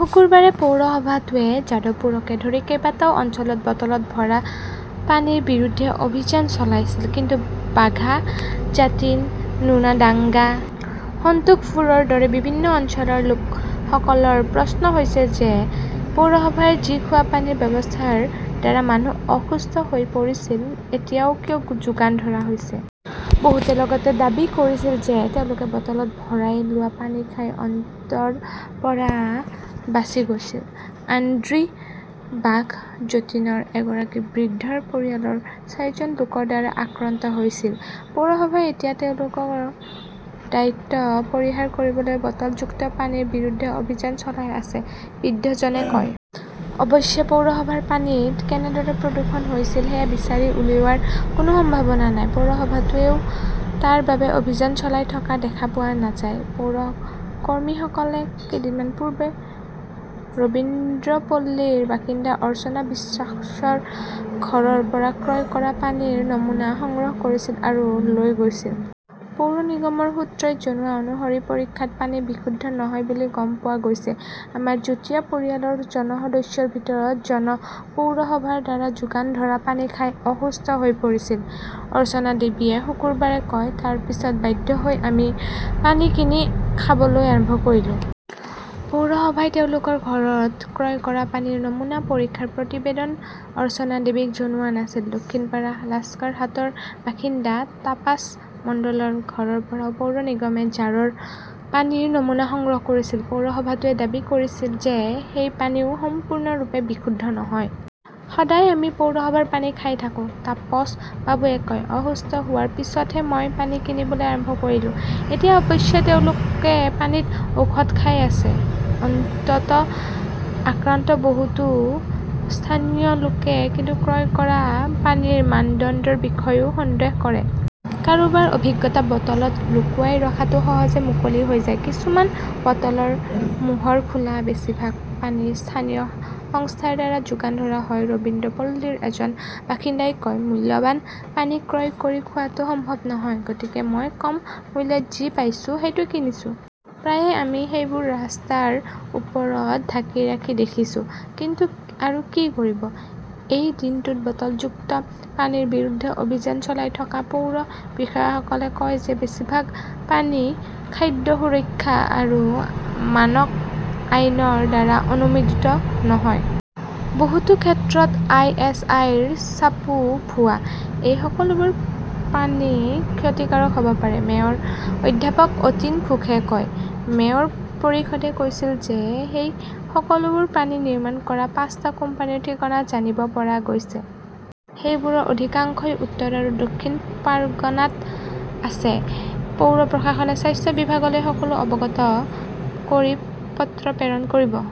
শুকুৰবাৰে পৌৰসভাটোৱে যাদৱপুৰকে ধৰি কেইবাটাও অঞ্চলত বটলত ভৰা পানীৰ বিৰুদ্ধে অভিযান চলাইছিল। কিন্তু বাঘা জাটিন, নোনাডাংগা, সন্তোষপুৰৰ দৰে বিভিন্ন অঞ্চলৰ লোকসকলৰ প্ৰশ্ন হৈছে যে, পৌৰসভাৰ যি খোৱাপানীৰ ব্যৱস্থাৰ দ্বাৰা মানুহ অসুস্থ হৈ পৰিছিল, এতিয়াও কিয় যোগান ধৰা হৈছে? বহুতে লগতে দাবী কৰিছিল যে, তেওঁলোকে বটলত ভৰাই লোৱা পানী খাই অন্ত্ৰৰ পৰা বাচি গৈছিল। আন্দ্ৰী বাঘ জতিণৰ এগৰাকী বৃদ্ধৰ পৰিয়ালৰ চাৰিজন লোকৰ দ্বাৰা আক্ৰান্ত হৈছিল। "পৌৰসভাই এতিয়া তেওঁলোকৰ দায়িত্ব পৰিহাৰ কৰিবলৈ বটলযুক্ত পানীৰ বিৰুদ্ধে অভিযান চলাই আছে", বৃদ্ধজনে কয়। অৱশ্যে, পৌৰসভাৰ পানীত কেনেদৰে প্ৰদূষণ হৈছিল, সেয়া বিচাৰি উলিওৱাৰ কোনো সম্ভাৱনা নাই। পৌৰসভাটোৱেও তাৰ বাবে অভিযান চলাই থকা দেখা পোৱা নাযায়। পৌৰ কৰ্মীসকলে কেইদিনমান পূৰ্বে ৰবীন্দ্ৰপল্লীৰ বাসিন্দা অৰ্চনা বিশ্বাসৰ ঘৰৰ পৰা ক্ৰয় কৰা পানীৰ নমুনা সংগ্ৰহ কৰিছিল আৰু লৈ গৈছিল। পৌৰ নিগমৰ সূত্ৰই জনোৱা অনুসৰি পৰীক্ষাত পানী বিশুদ্ধ নহয় বুলি গম পোৱা গৈছে। "আমাৰ যুটীয়া পৰিয়ালৰ জন সদস্যৰ ভিতৰত জন পৌৰসভাৰ দ্বাৰা যোগান ধৰা পানী খাই অসুস্থ হৈ পৰিছিল", অৰ্চনা দেৱীয়ে শুকুৰবাৰে কয়, "তাৰ পিছত বাধ্য হৈ আমি পানী কিনি খাবলৈ আৰম্ভ কৰিলো। পৌৰসভাই তেওঁলোকৰ ঘৰত ক্ৰয় কৰা পানীৰ নমুনা পৰীক্ষাৰ প্ৰতিবেদন অৰ্চনা দেৱীক জনোৱা নাছিল। দক্ষিণপাৰা লাস্কাৰহাটৰ বাসিন্দা তাপাস মণ্ডলৰ ঘৰৰ পৰাও পৌৰ নিগমে জাৰৰ পানীৰ নমুনা সংগ্ৰহ কৰিছিল। পৌৰসভাটোৱে দাবী কৰিছিল যে, সেই পানীও সম্পূৰ্ণৰূপে "বিশুদ্ধ নহয়"। "সদায় আমি পৌৰসভাৰ পানী খাই থাকো", তাপছ বাবুৱে কয়, "অসুস্থ হোৱাৰ পিছতহে মই পানী কিনিবলৈ আৰম্ভ কৰিলোঁ"। এতিয়া অৱশ্যে তেওঁলোকে পানীত ঔষধ খাই আছে। অন্তত আক্ৰান্ত বহুতো স্থানীয় লোকে কিন্তু ক্ৰয় কৰা পানীৰ মানদণ্ডৰ বিষয়েও সন্দেহ কৰে। কাৰোবাৰ অভিজ্ঞতা, বটলত লুকুৱাই ৰখাটো সহজে মুকলি হৈ যায়। কিছুমান বটলৰ মোহৰ খোলা। বেছিভাগ পানী স্থানীয় সংস্থাৰ দ্বাৰা যোগান ধৰা হয়। ৰবীন্দ্ৰপল্লীৰ এজন বাসিন্দাই কয়, "মূল্যৱান পানী ক্ৰয় কৰি খোৱাটো সম্ভৱ নহয়। গতিকে মই কম মূল্যত যি পাইছোঁ, সেইটো কিনিছোঁ। প্ৰায়ে আমি সেইবোৰ ৰাস্তাৰ ওপৰত ঢাকি ৰাখি দেখিছোঁ। কিন্তু আৰু কি কৰিব?"। এই দিনটোত বটলযুক্ত পানীৰ বিৰুদ্ধে অভিযান চলাই থকা পৌৰ বিষয়াসকলে কয় যে, বেছিভাগ পানী "খাদ্য সুৰক্ষা আৰু মানক আইন" ৰ দ্বাৰা অনুমোদিত নহয়। বহুতো ক্ষেত্ৰত আই. এছ. আই. ৰ ছাপো ভুৱা। "এই সকলোবোৰ পানী ক্ষতিকাৰক হব পাৰে", মেয়ৰ অধ্যাপক অতীন ঘোষে কয়। মেয়ৰ পৰিষদে কৈছিল যে, সেই সকলোবোৰ পানী নিৰ্মাণ কৰা পাঁচটা কোম্পানীৰ ঠিকনা জানিব পৰা গৈছে। সেইবোৰৰ অধিকাংশই উত্তৰ আৰু দক্ষিণ পাৰ্গনাত আছে। পৌৰ প্ৰশাসনে স্বাস্থ্য বিভাগলৈ সকলো অৱগত কৰি পত্ৰ প্ৰেৰণ কৰিব।